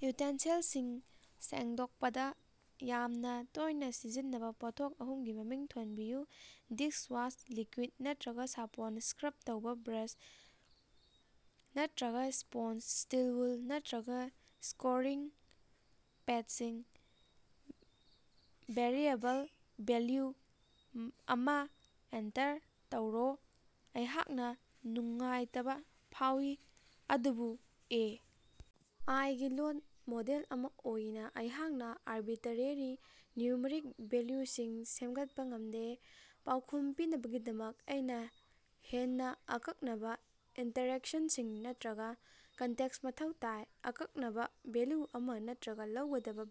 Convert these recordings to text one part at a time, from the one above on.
ꯌꯨꯇꯦꯟꯁꯤꯜꯁꯤꯡ ꯁꯦꯡꯗꯣꯛꯄꯗ ꯌꯥꯝꯅ ꯇꯣꯏꯅ ꯁꯤꯖꯤꯟꯅꯕ ꯄꯣꯠꯊꯣꯛ ꯑꯍꯨꯝ ꯒꯤ ꯃꯃꯤꯡ ꯊꯣꯟꯕꯤꯌꯨ꯫ ꯗꯤꯁꯋꯥꯁ ꯂꯤꯀ꯭ꯌꯨꯏꯗ ꯅꯠꯇꯔꯒ ꯁꯥꯄꯣꯟ ꯁꯀ꯭ꯔꯕ ꯇꯧꯕ ꯕ꯭ꯔꯥꯁ ꯅꯠꯇꯔꯒ ꯁ꯭ꯄꯣꯟꯖ ꯁ꯭ꯇꯤꯜ ꯎꯜ ꯅꯠꯇꯔꯒ ꯁ꯭ꯀꯣꯔꯤꯡ ꯄꯦꯗꯁꯤꯡ꯫ ꯚꯦꯔꯤꯑꯦꯕꯜ ꯚꯦꯜꯌꯨ ꯑꯃꯥ ꯑꯦꯟꯇꯔ ꯇꯧꯔꯣ. ꯑꯩꯍꯥꯛꯅ ꯅꯨꯡꯉꯥꯏꯇꯕ ꯐꯥꯎꯏ, ꯑꯗꯨꯕꯨ ꯑꯦ. ꯑꯥꯏ. ꯒꯤ ꯂꯣꯜ ꯃꯣꯗꯦꯜ ꯑꯃ ꯑꯣꯏꯅ ꯑꯩꯍꯥꯛꯅ ꯑꯔꯕꯤꯇꯔꯦꯔꯤ ꯅ꯭ꯌꯨꯃꯔꯤꯛ ꯚꯦꯜꯌꯨꯁꯤꯡ ꯁꯦꯝꯒꯠꯄ ꯉꯝꯗꯦ꯫ ꯄꯥꯎꯈꯨꯝ ꯄꯤꯅꯕꯒꯤꯗꯃꯛ ꯑꯩꯅ ꯍꯦꯟꯅ ꯑꯀꯛꯅꯕ ꯏꯟꯁ꯭ꯇꯔꯛꯁꯟꯁꯤꯡ ꯅꯠꯇꯔꯒ ꯀꯟꯇꯦꯛꯁ ꯃꯊꯧ ꯇꯥꯏ꯫ ꯑꯀꯛꯅꯕ ꯚꯦꯜꯌꯨ ꯑꯃ ꯅꯠꯇꯔꯒ ꯂꯧꯒꯗꯕ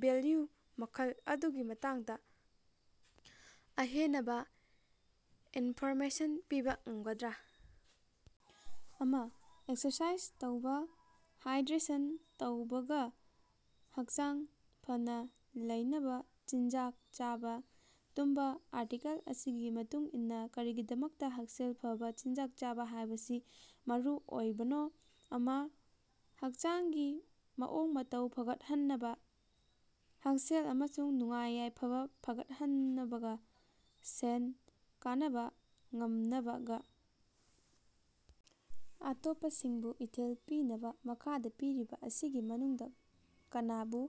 ꯚꯦꯜꯌꯨ ꯃꯈꯜ ꯑꯗꯨꯒꯤ ꯃꯇꯥꯡꯗ ꯑꯍꯦꯅꯕ ꯏꯟꯐꯣꯔꯃꯦꯁꯟ ꯄꯤꯕ ꯉꯝꯒꯗ꯭ꯔ? ꯑꯃ. ꯑꯦꯛꯁꯔꯁꯥꯏꯖ ꯇꯧꯕꯥ. ꯍꯥꯏꯗ꯭ꯔꯦꯁꯟ ꯇꯧꯕꯥ ꯒ. ꯍꯛꯆꯥꯡ ꯐꯅ ꯂꯩꯅꯕ ꯆꯤꯟꯖꯥꯛ ꯆꯥꯕꯥ. ꯇꯨꯝꯕꯥ ꯑꯥꯔꯇꯤꯀꯜ ꯑꯁꯤꯒꯤ ꯃꯇꯨꯡꯏꯟꯅ, ꯀꯔꯤꯒꯤꯗꯃꯛꯇ ꯍꯛꯁꯦꯜ ꯐꯕ ꯆꯤꯟꯖꯥꯛ ꯆꯥꯕ ꯍꯥꯏꯕꯁꯤ ꯃꯔꯨꯑꯣꯏꯕꯅꯣ? ꯑꯃ. ꯍꯛꯆꯥꯡꯒꯤ ꯃꯑꯣꯡ-ꯃꯇꯧ ꯐꯒꯠꯍꯟꯅꯕ. ꯍꯛꯁꯦꯜ ꯑꯃꯁꯨꯡ ꯅꯨꯡꯉꯥꯏ-ꯌꯥꯏꯐꯕ ꯐꯒꯠꯍꯟꯅꯕ ꯒ. ꯁꯦꯟ ꯀꯅꯕ ꯉꯝꯅꯕ ꯘ. ꯑꯇꯣꯞꯄꯁꯤꯡꯕꯨ ꯏꯊꯤꯜ ꯄꯤꯅꯕ꯫ ꯃꯈꯥꯗ ꯄꯤꯔꯤꯕ ꯑꯁꯤꯒꯤ ꯃꯅꯨꯡꯗ ꯀꯅꯥꯕꯨ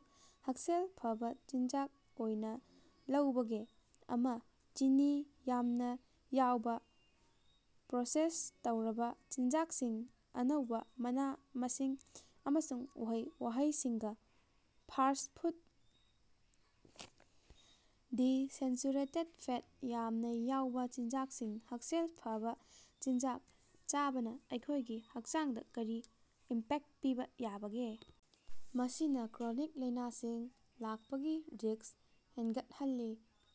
ꯍꯛꯁꯦꯜ ꯐꯕ ꯆꯤꯟꯖꯥꯛ ꯑꯣꯏꯅ ꯂꯧꯕꯒꯦ? ꯑꯃ. ꯆꯤꯅꯤ ꯌꯥꯝꯅ ꯌꯥꯎꯕꯥ ꯄ꯭ꯔꯣꯁꯦꯁ ꯇꯧꯔꯕ ꯆꯤꯟꯖꯥꯛꯁꯤꯡ. ꯑꯅꯧꯕꯥ ꯃꯅꯥ-ꯃꯁꯤꯡ ꯑꯃꯁꯨꯡ ꯎꯍꯩ-ꯋꯥꯍꯩꯁꯤꯡ ꯒ. ꯐꯥꯁ꯭ꯠ ꯐꯨꯗ ꯗꯤ. ꯁꯦꯆꯨꯔꯦꯇꯦꯗ ꯐꯦꯠ ꯌꯥꯝꯅꯥ ꯌꯥꯎꯕꯥ ꯆꯤꯟꯖꯥꯛꯁꯤꯡ ꯍꯛꯁꯦꯜ ꯐꯕꯥ ꯆꯤꯟꯖꯥꯛ ꯆꯥꯕꯅ ꯑꯩꯈꯣꯏꯒꯤ ꯍꯛꯆꯥꯡꯗꯥ ꯀꯔꯤ ꯏꯝꯄꯦꯛ ꯄꯤꯕ ꯌꯥꯕꯒꯦ? ꯃꯁꯤꯅ ꯀ꯭ꯔꯣꯅꯤꯛ ꯂꯥꯏꯅꯥꯁꯤꯡ ꯂꯥꯛꯄꯒꯤ ꯔꯤꯁ꯭ꯛ ꯍꯦꯡꯒꯠꯍꯜꯂꯤ,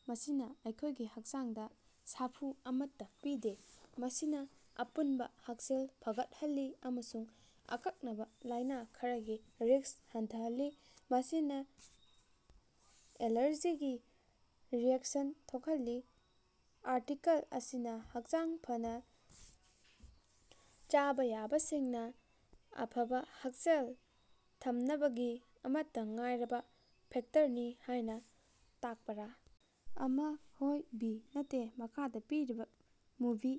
ꯃꯁꯤꯅ ꯑꯩꯈꯣꯏꯒꯤ ꯍꯛꯆꯥꯡꯗ ꯁꯥꯐꯨ ꯑꯃꯠꯇ ꯄꯤꯗꯦ, ꯃꯁꯤꯅꯥ ꯑꯄꯨꯟꯕ ꯍꯛꯁꯦꯜ ꯐꯒꯠꯍꯜꯂꯤ ꯑꯃꯁꯨꯡ ꯑꯀꯛꯅꯕ ꯂꯥꯏꯅ ꯈꯔꯒꯤ ꯔꯤꯁ꯭ꯛ ꯍꯟꯊꯍꯜꯂꯤ, ꯃꯁꯤꯅ ꯑꯦꯂꯥꯔꯖꯤꯒꯤ ꯔꯤꯑꯦꯛꯁꯟ ꯊꯣꯛꯍꯜꯂꯤ꯫ ꯑꯥꯔꯇꯤꯀꯜ ꯑꯁꯤꯅ ꯍꯛꯆꯥꯡ ꯐꯅ ꯆꯥꯚꯥꯌꯥꯕꯁꯤꯅ ꯑꯐꯕ ꯍꯛꯁꯦꯜ ꯊꯝꯅꯕꯒꯤ ꯑꯃꯠꯇ ꯉꯥꯏꯔꯕ ꯐꯦꯛꯇꯔꯅꯤ ꯍꯥꯏꯅ ꯇꯥꯛꯄꯔꯥ? ꯑꯃ. ꯍꯣꯏ ꯕꯤ. ꯅꯠꯇꯦ꯫ ꯃꯈꯥꯗ ꯄꯤꯔꯤꯕ ꯃꯨꯚꯤ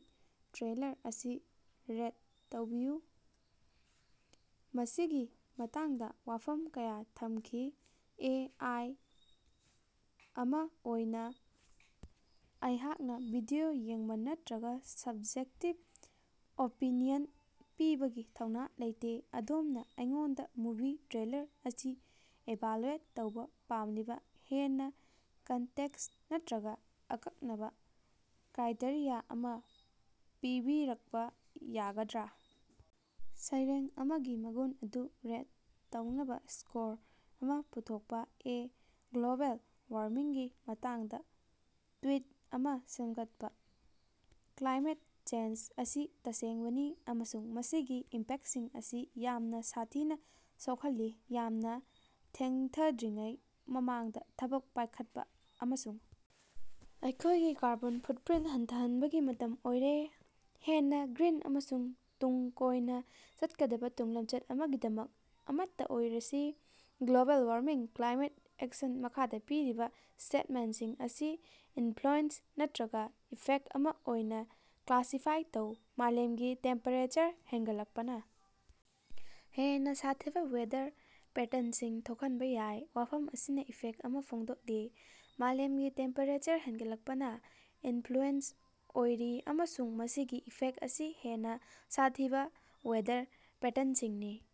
ꯇ꯭ꯔꯦꯂꯔ ꯑꯁꯤ ꯔꯦꯠ ꯇꯧꯕꯤꯌꯨ꯫ ꯃꯁꯤꯒꯤ ꯃꯇꯥꯡꯗꯥ ꯋꯥꯐꯝ ꯀꯌꯥ ꯊꯝꯈꯤ꯫ ꯑꯦ. ꯑꯥꯏ. ꯑꯃꯥ ꯑꯣꯏꯅ ꯑꯩꯍꯥꯛꯅ ꯚꯤꯗꯤꯑꯣ ꯌꯦꯡꯕ ꯅꯠꯇꯔꯒ ꯁ꯭ꯕꯖꯦꯛꯇꯤꯕ ꯑꯣꯄꯤꯅꯤꯌꯟ ꯄꯤꯕꯒꯤ ꯊꯧꯅꯥ ꯂꯩꯇꯦ꯫ ꯑꯗꯣꯝꯅ ꯑꯩꯉꯣꯟꯗ ꯃꯨꯚꯤ ꯇ꯭ꯔꯦꯂꯔ ꯑꯁꯤ ꯏꯚꯥꯂꯨꯑꯦꯠ ꯇꯧꯕ ꯄꯥꯝꯂꯤꯕ ꯍꯦꯟꯅ ꯀꯟꯇꯦꯛꯁ ꯅꯠꯇꯔꯒ ꯑꯀꯛꯅꯕ ꯀ꯭ꯔꯥꯏꯇꯦꯔꯤꯌꯥ ꯑꯃ ꯄꯤꯕꯤꯔꯛꯄ ꯌꯥꯒꯗ꯭ꯔꯥ? ꯁꯩꯔꯦꯡ ꯑꯃꯒꯤ ꯃꯒꯨꯟ ꯑꯗꯨ ꯔꯦꯠ ꯇꯧꯅꯕ ꯁ꯭ꯀꯣꯔ ꯑꯃ ꯄꯨꯊꯣꯛꯄꯥ꯫ ꯑꯦ. ꯒ꯭ꯂꯣꯕꯦꯜ ꯋꯥꯔꯃꯤꯡꯒꯤ ꯃꯇꯥꯡꯗꯥ ꯇ꯭ꯋꯤꯠ ꯑꯃꯥ ꯁꯦꯝꯒꯠꯄ꯫ ꯀ꯭ꯂꯥꯏꯃꯦꯠ ꯆꯦꯟꯖ ꯑꯁꯤ ꯇꯁꯦꯡꯕꯅꯤ ꯑꯃꯁꯨꯡ ꯃꯁꯤꯒꯤ ꯏꯝꯄꯦꯛꯁꯤꯡ ꯑꯁꯤ ꯌꯥꯝꯅ ꯁꯥꯊꯤꯅ ꯁꯣꯛꯍꯜꯂꯤ꯫ ꯌꯥꯝꯅ ꯊꯦꯡꯊꯗ꯭ꯔꯤꯉꯩ ꯃꯃꯥꯡꯗ ꯊꯕꯛ ꯄꯥꯏꯈꯠꯄ ꯑꯃꯁꯨꯡ ꯑꯩꯈꯣꯏꯒꯤ ꯀꯥꯔꯕꯣꯟ ꯐꯨꯠꯄ꯭ꯔꯤꯟꯠ ꯍꯟꯊꯍꯟꯕꯒꯤ ꯃꯇꯝ ꯑꯣꯏꯔꯦ꯫ ꯍꯦꯟꯅ ꯒ꯭ꯔꯤꯟ ꯑꯃꯁꯨꯡ ꯇꯨꯡ ꯀꯣꯏꯅ ꯆꯠꯀꯗꯕ ꯇꯨꯡꯂꯝꯆꯠ ꯑꯃꯒꯤꯗꯃꯛ ꯑꯃꯠꯇꯥ ꯑꯣꯏꯔꯁꯤ꯫ ꯒ꯭ꯂꯣꯕꯦꯜꯋꯥꯔꯃꯤꯡ ꯀ꯭ꯂꯥꯏꯃꯦꯠ ꯑꯦꯛꯁꯟ ꯃꯈꯥꯗ ꯄꯤꯔꯤꯕ ꯁ꯭ꯇꯦꯠꯃꯦꯟꯠꯁꯤꯡ ꯑꯁꯤ ꯏꯟꯐ꯭ꯂꯨꯑꯦꯟꯖꯥ ꯅꯠꯇꯔꯒ ꯏꯐꯦꯛ ꯑꯃ ꯑꯣꯏꯅ ꯀ꯭ꯂꯥꯁꯤꯐꯥꯏ ꯇꯧ: "ꯃꯥꯂꯦꯝꯒꯤ ꯇꯦꯝꯄꯦꯔꯦꯆꯔ ꯍꯦꯟꯒꯠꯂꯛꯄꯅ ꯍꯦꯟꯅ ꯁꯥꯊꯤꯕ ꯋꯦꯗꯔ ꯄꯦꯇꯔꯟꯁꯤꯡ ꯊꯣꯛꯍꯟꯕ ꯌꯥꯏ"꯫ ꯋꯥꯐꯝ ꯑꯁꯤꯅ ꯏꯐꯦꯛ ꯑꯃ ꯐꯣꯡꯗꯣꯛꯂꯤ꯫ ꯃꯥꯂꯦꯃꯒꯤ ꯇꯦꯝꯄꯦꯔꯦꯆꯔ ꯍꯦꯟꯒꯠꯂꯛꯄꯅ ꯏꯅꯐ꯭ꯂꯨꯑꯦꯟꯖꯥ ꯑꯣꯏꯔꯤ, ꯑꯃꯁꯨꯡ ꯃꯁꯤꯒꯤ ꯏꯐꯦꯛ ꯑꯁꯤ ꯍꯦꯟꯅ ꯁꯥꯊꯤꯕ ꯋꯦꯗꯔ ꯄꯦꯇꯔꯟꯁꯤꯡꯅꯤ꯫